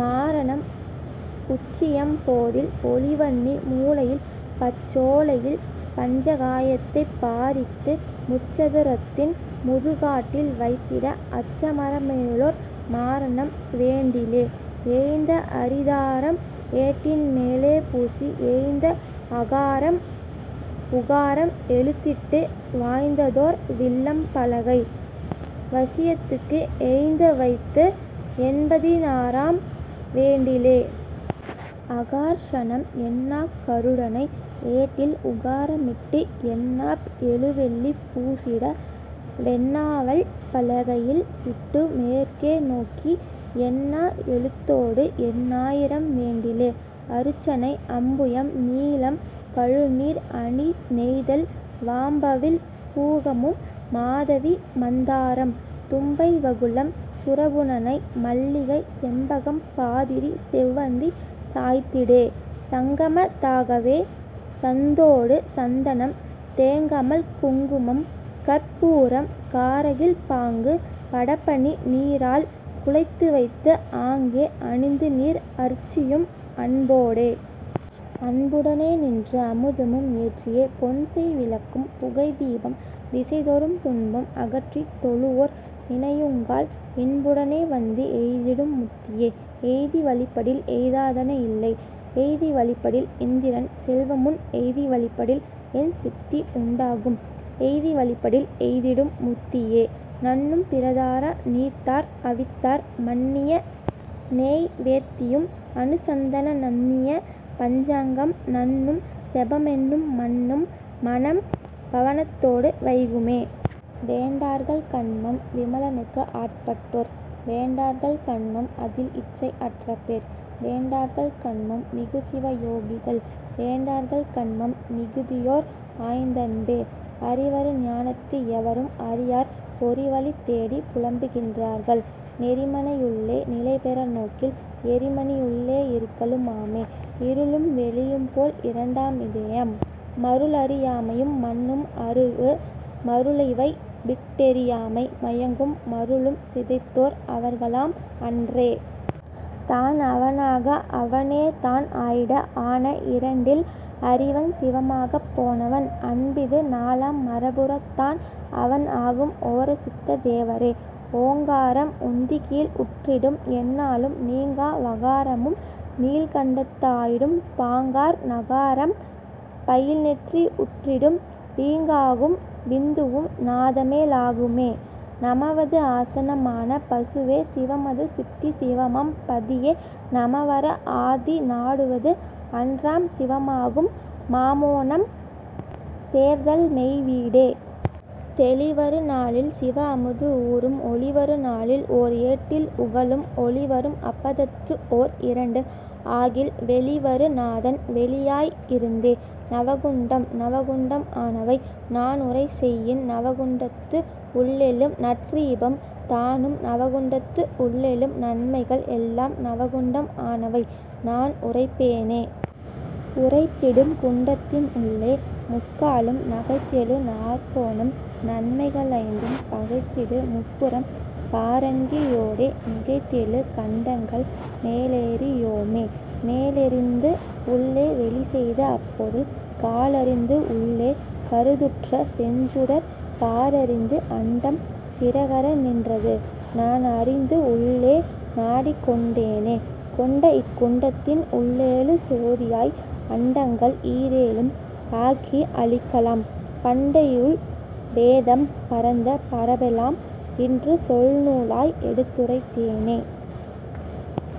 மாரணம் உச்சியம் போதில் ஒளிவன்னி மூலையில் பச்சோலை யில் பஞ்ச காயத்தைப் பாரித்து முச்சது ரத்தின் முதுகாட்டில் வைத்திட அச்சமற மேலோர் மாரணம் வேண்டிலே. ஏய்ந்த அரிதாரம் ஏட்டின்மே லேபூசி ஏய்ந்த அகாரம் உகாரம் எழுத்திட்டு வாய்ந்ததோர் வில்லம் பலகை வசியத்துக்கு ஏய்ந்தவைத்து எண்பதி னாயிரம் வேண்டிலே.. ஆகர்ஷணம் எண்ணாக் கருடனை ஏட்டில் உகாரமிட்டு எண்ணாப் எழுவெள்ளி பூசிடா வெண்ணாவல் பலகையில் இட்டுமேற் கேநோக்கி எண்ணா எழுத்தோடுஎண்ணாயிரம் வேண்டிலே.. அருச்சனை அம்புயம் நீலம் கழுநீர் அணிநெய்தல் வம்பவிழ் பூகமும் மாதவி மந்தாரம் தும்பை வகுளம் சுரபுனனை மல்லிகை செண்பகம் பாதிரி செவ்வந்தி சாத்திடே. சாங்கம தாகவே சந்தொடு சந்தனம் தேங்கமழ் குங்குமம் கர்ப்பூரம் காரகில் பாங்கு படப்பனி நீரால் குழைத்துவைத்து ஆங்கே அணிந்துநீர் அர்ச்சியும் அன்பொடே. அன்புடனே நின்று அமுதமும் ஏற்றியே பொன்செய் விளக்கும் புகைதீபம் திசைதொறும் துன்பம் அகற்றித் தொழுவோர் நினையுங்கால் இன்புட னேவந்து எய்திடும் முத்தியே. எய்தி வழிப்படில் எய்தா தனஇல்லை எய்தி வழிப்படில் இந்திரன் செல்வமுன் எய்தி வழிப்படில் எண்சித்தி உண்டாகும் எய்தி வழிப்படில் எய்திடும் முத்தியே. நண்ணும் பிறதார நீத்தார் அவித்தார் மண்ணிய நைவேத் தியம்அனு சந்தான நண்ணிய பஞ்சாங்கம் நண்ணும் செபமென்னும் மன்னும் மனம்பவ னத்தோடு வைகுமே. வேண்டார்கள் கன்மம் விமலனுக்கு ஆட்பட்டோ ர் வேண்டார்கள் கன்மம் அதில்இச்சை அற்றபேர் வேண்டார்கள் கன்மம் மிகுசிவ யோகிகள் வேண்டார்கள் கன்மம் மிகுதியோர் ஆய்ந்தன்பே. அறிவரு ஞானத்து எவரும் அறியார் பொறிவழி தேடிப் புலம்புகின்றார்கள் நெறிமனை யுள்ளே நிலைபெற நோக்கில் எறிமணி யுள்ளே இருக்கலும் ஆமே. இருளும் வெளியும்போல் இரண்டாம் இதயம் மருளறி யாமையும் மன்னும் அறிவு மருளிவை விட்டெறி யாமை மயங்கும் மருளும் சிதைத்தோர் அவர்களாம் அன்றே. தான்அவ னாக அவனேதான் ஆயிட ஆன இரண்டில் அறிவன் சிவமாகப் போனவன் அன்பிது நாலாம் மரபுறத் தான்அவன் ஆகும்ஓ ராசித்த தேவரே. ஓங்காரம் உந்திக்கீழ் உற்றிடும் எந்நாளும் நீங்கா வகாரமும் நீள்கண்டத்து ஆயிடும் பாங்கார் நகாரம் பயில்நெற்றி உற்றிடும் வீங்காகும் விந்துவும் நாதமே லாகுமே. நமவது ஆசனம் ஆன பசுவே சிவமது சித்திச் சிவமாம் பதியே நமவற ஆதி நாடுவது அன்றாம் சிவமாகும் மாமோனம் சேர்தல்மெய் வீடே. தெளிவரு நாளில் சிவஅமுது ஊறும் ஒளிவரு நாளில் ஓர்ஏட்டில் உகளும் ஒளிவரும் அப்பதத்து ஓர் இரண்டு ஆகில் வெளிதரு நாதன் வெளியாய் இருந்தே.. நவகுண்டம் நவகுண்டம் ஆனவை நான்உரை செய்யின் நவகுண்டத்து உள்ளெழும் நற்றீபம் தானும் நவகுண்டத்து உள்ளெழும் நன்மைகள் எல்லாம் நவகுண்டம் ஆனவை நான்உரைப் பேனே. உரைத்திடும் குண்டத்தின் உள்ளே முக்காலும் நகைத்தெழு நாற்கோணம் நன்மை கள்ஐந்தும் பகைத்திடு முப்புரம் பாரங்கி யோடே மிகைத்தெழு கண்டங்கள் மேலறி யோமே. மேலெறிந்து உள்ளே வெளிசெய்த அப்பொருள் கால்அறிந்து உள்ளே கருத்துற்ற செஞ்சுடர் பார்அறிந்து அண்டம் சிறகற நின்றது நான்அறிந்து உள்ளே நாடிக்கொண் டேனே. கொண்டஇக் குண்டத்தின் உள்ளெழு சோதியாய் அண்டங்கள் ஈரேழும் ஆக்கி அழிக்கலாம் பண்டையுள் வேதம் பரந்த பரப்பெலாம் இன்றுசொல் நூலாய் எடுத்துரைத் தேனே.